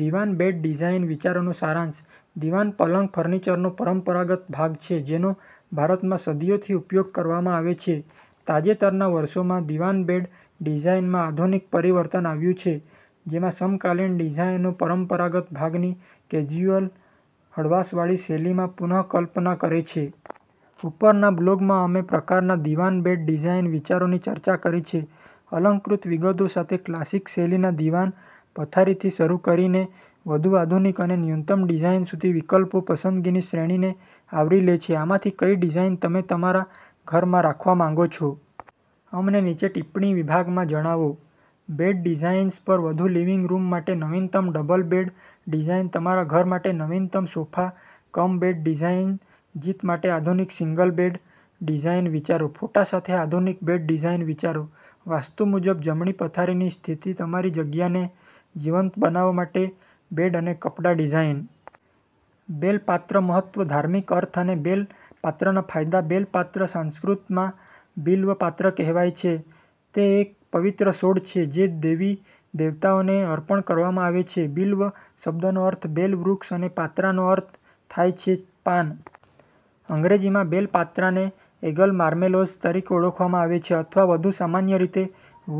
દિવાન bed design વિચારોનો સારાંશ દીવાન પલંગફર્નિચરનો પરંપરાગત ભાગ છે જેનો ભારતમાં સદીઓથી ઉપયોગ કરવામાં આવે છે. તાજેતરના વર્ષોમાં, દિવાન બેડ ડિઝાઇનમાં આધુનિક પરિવર્તન આવ્યું છે, જેમાં સમકાલીન ડિઝાઇનરોપરંપરાગત ભાગની કેઝ્યુઅલ, હળવાશવાળી શૈલીમાં પુનઃકલ્પના કરે છે. ઉપરના બ્લોગમાં, અમે પ્રકારના દિવાન બેડ ડિઝાઇન વિચારોની ચર્ચા કરી છેઅલંકૃત વિગતો સાથે ક્લાસિક-શૈલીના દીવાન પથારીથી શરૂ કરીને વધુ આધુનિક અને ન્યૂનતમ ડિઝાઇન સુધી, વિકલ્પો પસંદગીની શ્રેણીને આવરી લે છે. આમાંથી કઈ ડિઝાઇન તમે તમારા ઘરમાં રાખવા માંગો છો? અમને નીચે ટિપ્પણી વિભાગમાં જણાવો. બેડ ડિઝાઇન્સ પર વધુ લિવિંગ રૂમ માટે નવીનતમ ડબલ બેડ ડિઝાઇન તમારા ઘર માટે નવીનતમ સોફા કમ બેડ ડિઝાઇન જીત માટે આધુનિક સિંગલ બેડ ડિઝાઇન વિચારો ફોટા સાથે આધુનિક બેડ ડિઝાઇન વિચારો વાસ્તુ મુજબ જમણી પથારીની સ્થિતિ તમારી જગ્યાને જીવંત બનાવવા માટે બેડ અને કપડા ડિઝાઇન. બેલ પાત્રમહત્વ, ધાર્મિક અર્થ અને બેલ પાત્રના ફાયદા બેલ પાત્ર, સંસ્કૃતમાં બિલ્વ પાત્ર કહેવાય છે, તે એક પવિત્ર છોડ છે જે દેવી-દેવતાઓને અર્પણ કરવામાં આવે છે. બિલ્વ શબ્દનો અર્થ બેલ વૃક્ષ અને પાત્રાનો અર્થ થાય છે પાન. અંગ્રેજીમાં બેલ પાત્રાને એગલ માર્મેલોસ તરીકે ઓળખવામાં આવે છે, અથવા વધુ સામાન્ય રીતે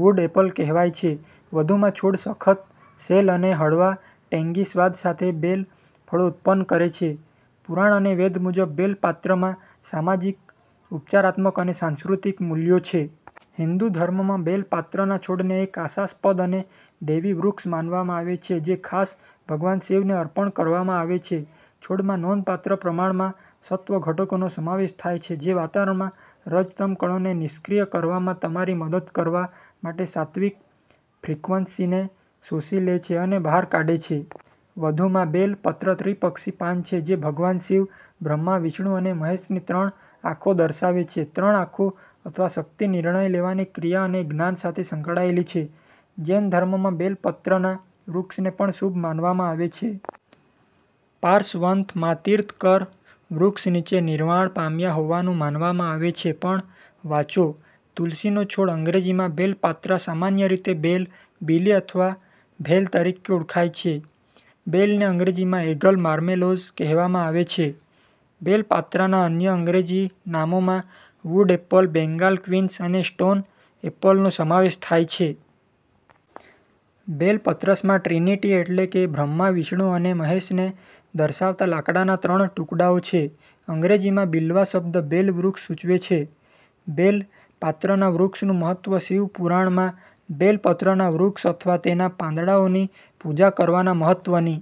વુડ એપલ કહેવાય છે. વધુમાં, છોડ સખત શેલ અને હળવા ટેન્ગી સ્વાદ સાથે બેલ ફળો ઉત્પન્ન કરે છે. પુરાણ અને વેદ મુજબ, બેલ પાત્રમાં સામાજિક, ઉપચારાત્મક અને સાંસ્કૃતિક મૂલ્યો છે. હિંદુ ધર્મમાં, બેલ પાત્રના છોડને એક આશાસ્પદ અને દૈવી વૃક્ષ માનવામાં આવે છે જે ખાસ ભગવાન શિવને અર્પણ કરવામાં આવે છે. છોડમાં નોંધપાત્ર પ્રમાણમાં સત્વ ઘટકોનો સમાવેશ થાય છે જે વાતાવરણમાં રજ-તમ કણોને નિષ્ક્રિય કરવામાં તમારી મદદ કરવા માટે સાત્વિક ફ્રીક્વન્સીઝને શોષી લે છે અને બહાર કાઢે છે. વધુમાં, બેલ પત્રત્રિપક્ષી પાન છે જે ભગવાન શિવ, બ્રહ્મા, વિષ્ણુ અને મહેશની ત્રણ આંખો દર્શાવે છે. ત્રણ આંખો, અથવા શક્તિ, નિર્ણય લેવાની, ક્રિયા અને જ્ઞાન સાથે સંકળાયેલી છે. જૈન ધર્મમાં બેલ પત્રના વૃક્ષને પણ શુભ માનવામાં આવે છે. પાર્શવંથ, મા તીર્થંકર, વૃક્ષ નીચે નિર્વાણ પામ્યા હોવાનું માનવામાં આવે છે. પણ વાંચોતુલસીનો છોડ અંગ્રેજીમાં બેલ પાત્રા સામાન્ય રીતે બેલ, બીલી અથવા ભેલ તરીકે ઓળખાય છે, બેલને અંગ્રેજીમાં એગલ માર્મેલોસ કહેવામાં આવે છે. બેલ પાત્રાના અન્ય અંગ્રેજી નામોમાં વુડ એપલ, બેંગાલ ક્વિન્સ અને સ્ટોન એપલનો સમાવેશ થાય છે. બેલ પત્રસમાં ટ્રિનિટી એટલે કે બ્રહ્મા, વિષ્ણુ અને મહેશને દર્શાવતા લાકડાના ત્રણ ટુકડાઓ છે. અંગ્રેજીમાં "બિલ્વા" શબ્દ બેલ વૃક્ષ સૂચવે છે. બેલ પાત્રના વૃક્ષનું મહત્વ શિવ પુરાણમાં બેલ પત્રના વૃક્ષ અથવા તેના પાંદડાઓની પૂજા કરવાના મહત્વની